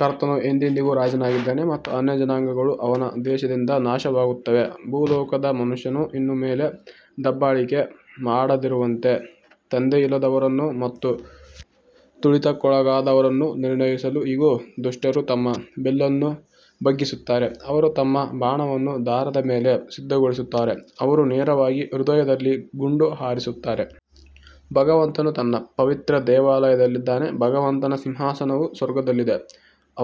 ಕರ್ತನು ಎಂದೆಂದಿಗೂ ರಾಜನಾಗಿದ್ದಾನೆ ಮತ್ತು ಅನ್ಯಜನಾಂಗಗಳು ಅವನ ದೇಶದಿಂದ ನಾಶವಾಗುತ್ತವೆ ಭೂಲೋಕದ ಮನುಷ್ಯನು ಇನ್ನು ಮೇಲೆ ದಬ್ಬಾಳಿಕೆ ಮಾಡದಿರುವಂತೆ ತಂದೆಯಿಲ್ಲದವರನ್ನು ಮತ್ತು ತುಳಿತಕ್ಕೊಳಗಾದವರನ್ನು ನಿರ್ಣಯಿಸಲು ಇಗೋ, ದುಷ್ಟರು ತಮ್ಮ ಬಿಲ್ಲನ್ನು ಬಗ್ಗಿಸುತ್ತಾರೆ, ಅವರು ತಮ್ಮ ಬಾಣವನ್ನು ದಾರದ ಮೇಲೆ ಸಿದ್ಧಗೊಳಿಸುತ್ತಾರೆ, ಅವರು ನೇರವಾಗಿ ಹೃದಯದಲ್ಲಿ ಗುಂಡು ಹಾರಿಸುತ್ತಾರೆ. ಭಗವಂತನು ತನ್ನ ಪವಿತ್ರ ದೇವಾಲಯದಲ್ಲಿದ್ದಾನೆ, ಭಗವಂತನ ಸಿಂಹಾಸನವು ಸ್ವರ್ಗದಲ್ಲಿದೆ,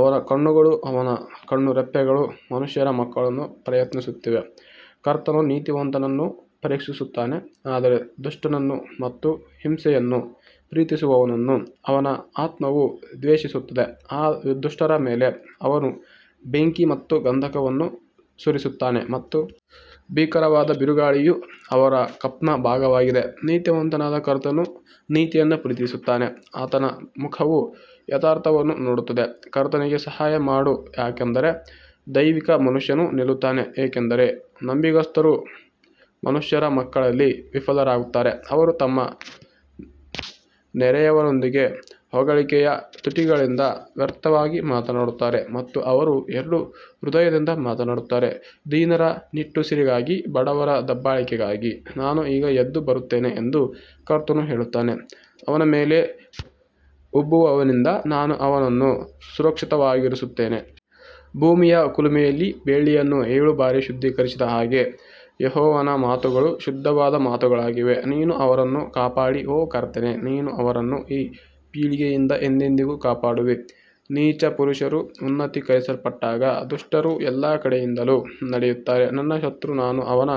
ಅವನ ಕಣ್ಣುಗಳು ಅವನ ಕಣ್ಣುರೆಪ್ಪೆಗಳು ಮನುಷ್ಯರ ಮಕ್ಕಳನ್ನು ಪ್ರಯತ್ನಿಸುತ್ತಿವೆ ಕರ್ತನು ನೀತಿವಂತನನ್ನು ಪರೀಕ್ಷಿಸುತ್ತಾನೆ ಆದರೆ ದುಷ್ಟನನ್ನು ಮತ್ತು ಹಿಂಸೆಯನ್ನು ಪ್ರೀತಿಸುವವನನ್ನು ಅವನ ಆತ್ಮವು ದ್ವೇಷಿಸುತ್ತದೆ ದುಷ್ಟರ ಮೇಲೆ ಅವನು ಬೆಂಕಿ ಮತ್ತು ಗಂಧಕವನ್ನು ಸುರಿಸುತ್ತಾನೆ ಮತ್ತು ಭೀಕರವಾದ ಬಿರುಗಾಳಿಯು ಅವರ ಕಪ್ನ ಭಾಗವಾಗಿದೆ ನೀತಿವಂತನಾದ ಕರ್ತನು ನೀತಿಯನ್ನು ಪ್ರೀತಿಸುತ್ತಾನೆ ಆತನ ಮುಖವು ಯಥಾರ್ಥವನ್ನು ನೋಡುತ್ತದೆ ಕರ್ತನಿಗೆ ಸಹಾಯ ಮಾಡು ಯಾಕಂದರೆ ದೈವಿಕ ಮನುಷ್ಯನು ನಿಲ್ಲುತ್ತಾನೆ ಏಕೆಂದರೆ ನಂಬಿಗಸ್ತರು ಮನುಷ್ಯರ ಮಕ್ಕಳಲ್ಲಿ ವಿಫಲರಾಗುತ್ತಾರೆ ಅವರು ತಮ್ಮ ನೆರೆಯವರೊಂದಿಗೆ ಹೊಗಳಿಕೆಯ ತುಟಿಗಳಿಂದ ವ್ಯರ್ಥವಾಗಿ ಮಾತನಾಡುತ್ತಾರೆ ಮತ್ತು ಅವರು ಎರಡು ಹೃದಯದಿಂದ ಮಾತನಾಡುತ್ತಾರೆ ದೀನರ ನಿಟ್ಟುಸಿರಿಗಾಗಿ ಬಡವರ ದಬ್ಬಾಳಿಕೆಗಾಗಿ ನಾನು ಈಗ ಎದ್ದು ಬರುತ್ತೇನೆ ಎಂದು ಕರ್ತನು ಹೇಳುತ್ತಾನೆ, ಅವನ ಮೇಲೆ ಉಬ್ಬುವವನಿಂದ ನಾನು ಅವನನ್ನು ಸುರಕ್ಷಿತವಾಗಿರಿಸುತ್ತೇನೆ. ಭೂಮಿಯ ಕುಲುಮೆಯಲ್ಲಿ ಬೆಳ್ಳಿಯನ್ನು ಏಳು ಬಾರಿ ಶುದ್ಧೀಕರಿಸಿದ ಹಾಗೆ ಯೆಹೋವನ ಮಾತುಗಳು ಶುದ್ಧವಾದ ಮಾತುಗಳಾಗಿವೆ ನೀನು ಅವರನ್ನು ಕಾಪಾಡಿ ಓ ಕರ್ತನೇ, ನೀನು ಅವರನ್ನು ಈ ಪೀಳಿಗೆಯಿಂದ ಎಂದೆಂದಿಗೂ ಕಾಪಾಡುವಿ ನೀಚ ಪುರುಷರು ಉನ್ನತೀಕರಿಸಲ್ಪಟ್ಟಾಗ ದುಷ್ಟರು ಎಲ್ಲಾ ಕಡೆಯಿಂದಲೂ ನಡೆಯುತ್ತಾರೆ ನನ್ನ ಶತ್ರು ನಾನು ಅವನ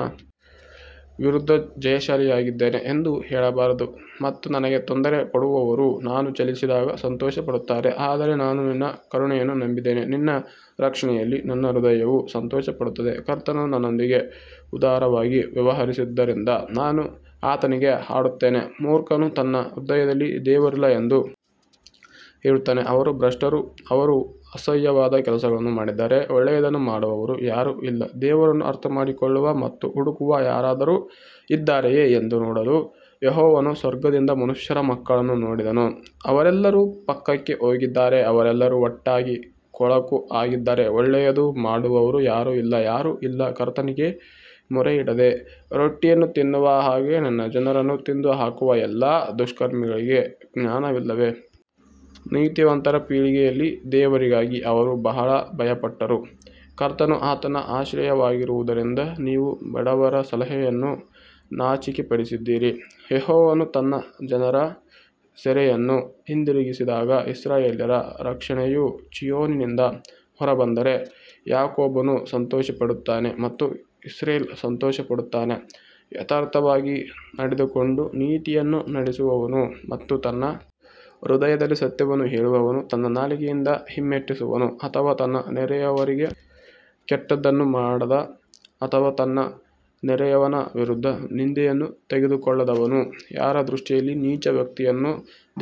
ವಿರುದ್ಧ ಜಯಶಾಲಿಯಾಗಿದ್ದೇನೆ ಎಂದು ಹೇಳಬಾರದು ಮತ್ತು ನನಗೆ ತೊಂದರೆ ಕೊಡುವವರು ನಾನು ಚಲಿಸಿದಾಗ ಸಂತೋಷಪಡುತ್ತಾರೆ ಆದರೆ ನಾನು ನಿನ್ನ ಕರುಣೆಯನ್ನು ನಂಬಿದ್ದೇನೆ, ನಿನ್ನ ರಕ್ಷಣೆಯಲ್ಲಿ ನನ್ನ ಹೃದಯವು ಸಂತೋಷಪಡುತ್ತದೆ ಕರ್ತನು ನನ್ನೊಂದಿಗೆ ಉದಾರವಾಗಿ ವ್ಯವಹರಿಸಿದ್ದರಿಂದ ನಾನು ಆತನಿಗೆ ಹಾಡುತ್ತೇನೆ ಮೂರ್ಖನು ತನ್ನ ಹೃದಯದಲ್ಲಿ ದೇವರಿಲ್ಲ ಎಂದು ಹೇಳುತ್ತಾನೆ ಅವರು ಭ್ರಷ್ಟರು ಅವರು ಅಸಹ್ಯವಾದ ಕೆಲಸಗಳನ್ನು ಮಾಡಿದ್ದಾರೆ ಒಳ್ಳೆಯದನ್ನು ಮಾಡುವವರು ಯಾರೂ ಇಲ್ಲ ದೇವರನ್ನು ಅರ್ಥಮಾಡಿಕೊಳ್ಳುವ ಮತ್ತು ಹುಡುಕುವ ಯಾರಾದರೂ ಇದ್ದಾರೆಯೇ ಎಂದು ನೋಡಲು ಯೆಹೋವನು ಸ್ವರ್ಗದಿಂದ ಮನುಷ್ಯರ ಮಕ್ಕಳನ್ನು ನೋಡಿದನು ಅವರೆಲ್ಲರೂ ಪಕ್ಕಕ್ಕೆ ಹೋಗಿದ್ದಾರೆ ಅವರೆಲ್ಲರೂ ಒಟ್ಟಾಗಿ ಕೊಳಕು ಆಗಿದ್ದಾರೆ ಒಳ್ಳೆಯದು ಮಾಡುವವರು ಯಾರೂ ಇಲ್ಲ ಯಾರೂ ಇಲ್ಲ ಕರ್ತನಿಗೆ ಮೊರೆಯಿಡದೆ ರೊಟ್ಟಿಯನ್ನು ತಿನ್ನುವ ಹಾಗೆ ನನ್ನ ಜನರನ್ನು ತಿಂದುಹಾಕುವ ಎಲ್ಲಾ ದುಷ್ಕರ್ಮಿಗಳಿಗೆ ಜ್ಞಾನವಿಲ್ಲವೇ? ನೀತಿವಂತರ ಪೀಳಿಗೆಯಲ್ಲಿ ದೇವರಿಗಾಗಿ ಅವರು ಬಹಳ ಭಯಪಟ್ಟರು ಕರ್ತನು ಆತನ ಆಶ್ರಯವಾಗಿರುವುದರಿಂದ ನೀವು ಬಡವರ ಸಲಹೆಯನ್ನು ನಾಚಿಕೆಪಡಿಸಿದ್ದೀರಿ ಯೆಹೋವನು ತನ್ನ ಜನರ ಸೆರೆಯನ್ನು ಹಿಂದಿರುಗಿಸುವಾಗ ಇಸ್ರಾಯೇಲ್ಯರ ರಕ್ಷಣೆಯು ಚೀಯೋನಿನಿಂದ ಹೊರಬಂದರೆ, ಯಾಕೋಬನು ಸಂತೋಷಪಡುತ್ತಾನೆ ಮತ್ತು ಇಸ್ರೇಲ್ ಸಂತೋಷಪಡುತ್ತಾನೆ. ಯಥಾರ್ಥವಾಗಿ ನಡೆದುಕೊಂಡು ನೀತಿಯನ್ನು ನಡಿಸುವವನು ಮತ್ತು ತನ್ನ ಹೃದಯದಲ್ಲಿ ಸತ್ಯವನ್ನು ಹೇಳುವವನು ತನ್ನ ನಾಲಿಗೆಯಿಂದ ಹಿಮ್ಮೆಟ್ಟಿಸುವವನು ಅಥವಾ ತನ್ನ ನೆರೆಯವರಿಗೆ ಕೆಟ್ಟದ್ದನ್ನು ಮಾಡದ ಅಥವಾ ತನ್ನ ನೆರೆಯವನ ವಿರುದ್ಧ ನಿಂದೆಯನ್ನು ತೆಗೆದುಕೊಳ್ಳದವನು ಯಾರ ದೃಷ್ಟಿಯಲ್ಲಿ ನೀಚ ವ್ಯಕ್ತಿಯನ್ನು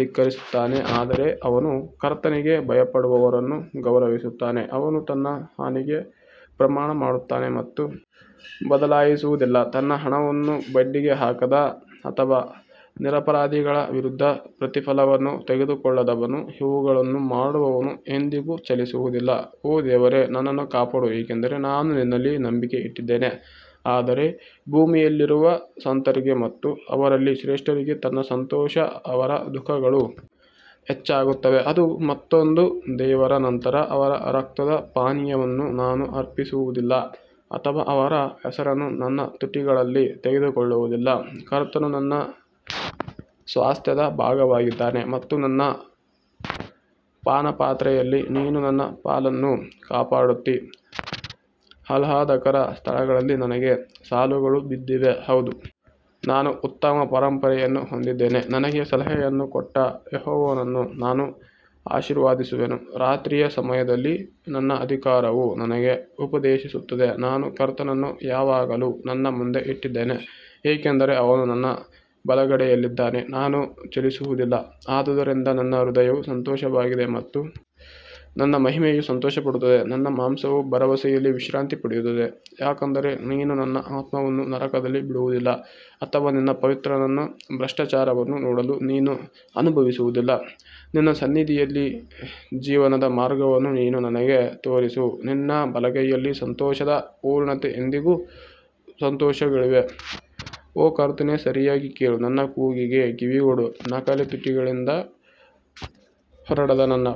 ಧಿಕ್ಕರಿಸುತ್ತಾನೆ ಆದರೆ ಅವನು ಕರ್ತನಿಗೆ ಭಯಪಡುವವರನ್ನು ಗೌರವಿಸುತ್ತಾನೆ, ಅವನು ತನ್ನ ಹಾನಿಗೆ ಪ್ರಮಾಣ ಮಾಡುತ್ತಾನೆ ಮತ್ತು ಬದಲಾಯಿಸುವುದಿಲ್ಲ ತನ್ನ ಹಣವನ್ನು ಬಡ್ಡಿಗೆ ಹಾಕದ ಅಥವಾ ನಿರಪರಾಧಿಗಳ ವಿರುದ್ಧ ಪ್ರತಿಫಲವನ್ನು ತೆಗೆದುಕೊಳ್ಳದವನು ಇವುಗಳನ್ನು ಮಾಡುವವನು ಎಂದಿಗೂ ಚಲಿಸುವುದಿಲ್ಲ ಓ ದೇವರೇ ನನ್ನನ್ನು ಕಾಪಾಡು ಏಕೆಂದರೆ ನಾನು ನಿನ್ನಲ್ಲಿ ನಂಬಿಕೆ ಇಟ್ಟಿದ್ದೇನೆ ಆದರೆ ಭೂಮಿಯಲ್ಲಿರುವ ಸಂತರಿಗೆ ಮತ್ತು ಅವರಲ್ಲಿ ಶ್ರೇಷ್ಠರಿಗೆ ನನ್ನ ಸಂತೋಷ ಅವರ ದುಃಖಗಳು ಹೆಚ್ಚಾಗುತ್ತವೆ, ಅದು ಮತ್ತೊಂದು ದೇವರ ನಂತರ ಅವರ ರಕ್ತದ ಪಾನೀಯವನ್ನು ನಾನು ಅರ್ಪಿಸುವುದಿಲ್ಲ ಅಥವಾ ಅವರ ಹೆಸರನ್ನು ನನ್ನ ತುಟಿಗಳಲ್ಲಿ ತೆಗೆದುಕೊಳ್ಳುವುದಿಲ್ಲ ಕರ್ತನು ನನ್ನ ಸ್ವಾಸ್ತ್ಯದ ಭಾಗವಾಗಿದ್ದಾನೆ ಮತ್ತು ನನ್ನ ಪಾನಪಾತ್ರೆಯಲ್ಲಿ ನೀನು ನನ್ನ ಪಾಲನ್ನು ಕಾಪಾಡುತ್ತೀ ಆಹ್ಲಾದಕರ ಸ್ಥಳಗಳಲ್ಲಿ ನನಗೆ ಸಾಲುಗಳು ಬಿದ್ದಿವೆ, ಹೌದು ನಾನು ಉತ್ತಮ ಪರಂಪರೆಯನ್ನು ಹೊಂದಿದ್ದೇನೆ ನನಗೆ ಸಲಹೆಯನ್ನು ಕೊಟ್ಟ ಯೆಹೋವನನ್ನು ನಾನು ಆಶೀರ್ವದಿಸುವೆನು, ರಾತ್ರಿಯ ಸಮಯದಲ್ಲಿ ನನ್ನ ಅಧಿಕಾರವು ನನಗೆ ಉಪದೇಶಿಸುತ್ತದೆ ನಾನು ಕರ್ತನನ್ನು ಯಾವಾಗಲೂ ನನ್ನ ಮುಂದೆ ಇಟ್ಟಿದ್ದೇನೆ ಏಕೆಂದರೆ ಅವನು ನನ್ನ ಬಲಗಡೆಯಲ್ಲಿದ್ದಾನೆ, ನಾನು ಚಲಿಸುವುದಿಲ್ಲ ಆದುದರಿಂದ ನನ್ನ ಹೃದಯವು ಸಂತೋಷವಾಗಿದೆ ಮತ್ತು ನನ್ನ ಮಹಿಮೆಯು ಸಂತೋಷಪಡುತ್ತದೆ ನನ್ನ ಮಾಂಸವು ಭರವಸೆಯಲ್ಲಿ ವಿಶ್ರಾಂತಿ ಪಡೆಯುತ್ತದೆ ಯಾಕಂದರೆ ನೀನು ನನ್ನ ಆತ್ಮವನ್ನು ನರಕದಲ್ಲಿ ಬಿಡುವುದಿಲ್ಲ ಅಥವಾ ನಿನ್ನ ಪವಿತ್ರನನ್ನು ಭ್ರಷ್ಟಾಚಾರವನ್ನು ನೋಡಲು ನೀನು ಅನುಭವಿಸುವುದಿಲ್ಲ ನಿನ್ನ ಸನ್ನಿಧಿಯಲ್ಲಿ ಜೀವನದ ಮಾರ್ಗವನ್ನು ನೀನು ನನಗೆ ತೋರಿಸು ನಿನ್ನ ಬಲಗೈಯಲ್ಲಿ ಸಂತೋಷದ ಪೂರ್ಣತೆ ಎಂದೆಂದಿಗೂ ಸಂತೋಷಗಳಿವೆ ಓ ಕರ್ತನೇ ಸರಿಯಾಗಿ ಕೇಳು ನನ್ನ ಕೂಗಿಗೆ ಕಿವಿಗೊಡು, ನಕಲಿ ತುಟಿಗಳಿಂದ ಹೊರಡದ ನನ್ನ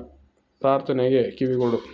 ಪ್ರಾರ್ಥನೆಗೆ ಕಿವಿಗೊಡು.